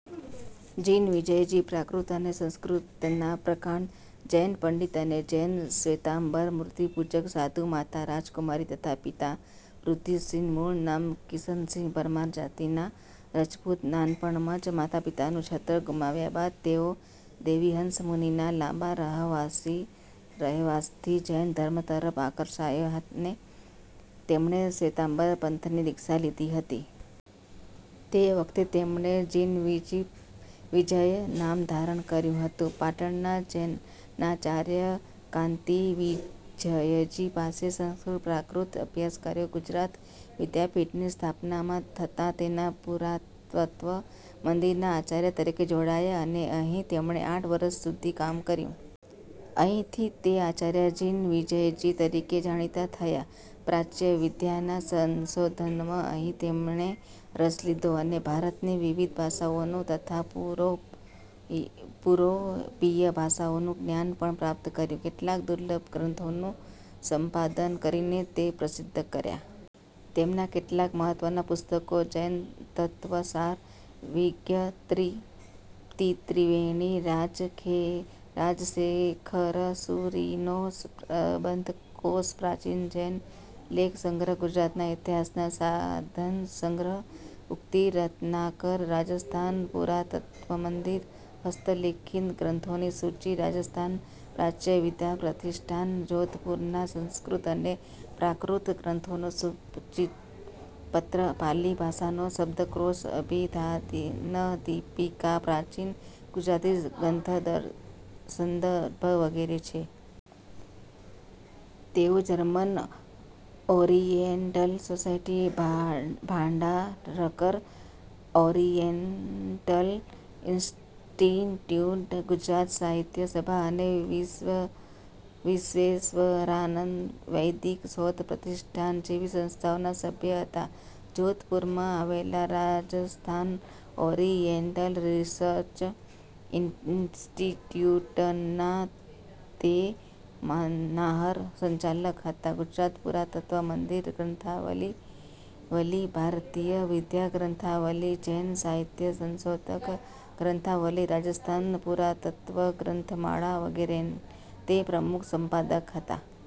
જિનવિજયજી: પ્રાકૃત અને સંસ્કૃતના પ્રકાંડ જૈન પંડિત અને જૈન શ્વેતાંબર મૂર્તિપૂજક સાધુ. માતા રાજકુમારી તથા પિતા વૃદ્ધિસિંહ. મૂળ નામ કિશનસિંહ. પરમાર જાતિના રજપૂત. નાનપણમાં જ માતાપિતાનું છત્ર ગુમાવ્યા બાદ તેઓ દેવીહંસ મુનિના લાંબા સહવાસથી જૈન ધર્મ તરફ આકર્ષાયા અને તેમણે શ્વેતાંબર પંથની દીક્ષા લીધી હતી. તે વખતે તેમણે જિનવિજય નામ ધારણ કર્યું હતું. પાટણના જૈનાચાર્ય કાન્તિવિજયજી પાસે સંસ્કૃત-પ્રાકૃત અભ્યાસ કર્યો. ગૂજરાત વિદ્યાપીઠની સ્થાપના માં થતાં તેના પુરાતત્ત્વ મંદિરના આચાર્ય તરીકે જોડાયા અને અહીં તેમણે આઠ વરસ સુધી કામ કર્યું. અહીંથી તે આચાર્ય જિનવિજયજી તરીકે જાણીતા થયા. પ્રાચ્ય વિદ્યાના સંશોધનમાં અહીં તેમણે રસ લીધો અને ભારતની વિવિધ ભાષાઓનું તથા યુરોપીય ભાષાઓનું જ્ઞાન પણ પ્રાપ્ત કર્યું. કેટલાક દુર્લભ ગ્રંથોનું સંપાદન કરીને તે પ્રસિદ્ધ કર્યા. તેમનાં કેટલાંક મહત્ત્વનાં પુસ્તકો: જૈનતત્ત્વસાર, વિજ્ઞપ્તિત્રિવેણી, રાજશેખરસૂરિનો પ્રબંધકોશ, પ્રાચીન જૈન લેખસંગ્રહ, ગુજરાતના ઇતિહાસના સાધનસંગ્રહ, ઉક્તિ રત્નાકર, રાજસ્થાન પુરાતત્ત્વમંદિરના હસ્તલિખિત ગ્રંથોની સૂચિ, રાજસ્થાન પ્રાચ્યવિદ્યા પ્રતિષ્ઠાન, જોધપુરના સંસ્કૃત અને પ્રાકૃત ગ્રંથોનું સૂચિપત્ર, પાલિ ભાષાનો શબ્દકોશ 'અભિધાનદીપિકા', પ્રાચીન ગુજરાતી ગદ્યસંદર્ભ વગેરે છે. તેઓ German Oriental Society, Bhandarkar Oriental Institute, Gujarat Sahitya Sabha અને વિશ્વેશ્વરાનંદ વૈદિક શોધ પ્રતિષ્ઠાન જેવી સંસ્થાઓના સભ્ય હતા. જોધપુરમાં આવેલા રાજસ્થાન ઓરિયેન્ટલ રિસર્ચ ઇન્સ્ટિટ્યૂટના તે માનાર્હ સંચાલક હતા. ગુજરાત પુરાતત્ત્વ મંદિર ગ્રંથાવલિ, ભારતીય વિદ્યા ગ્રંથાવલિ, જૈન સાહિત્ય સંશોધક ગ્રંથાવલિ, રાજસ્થાન પુરાતત્ત્વ ગ્રંથમાળા વગેરેના તે પ્રમુખ સંપાદક હતા.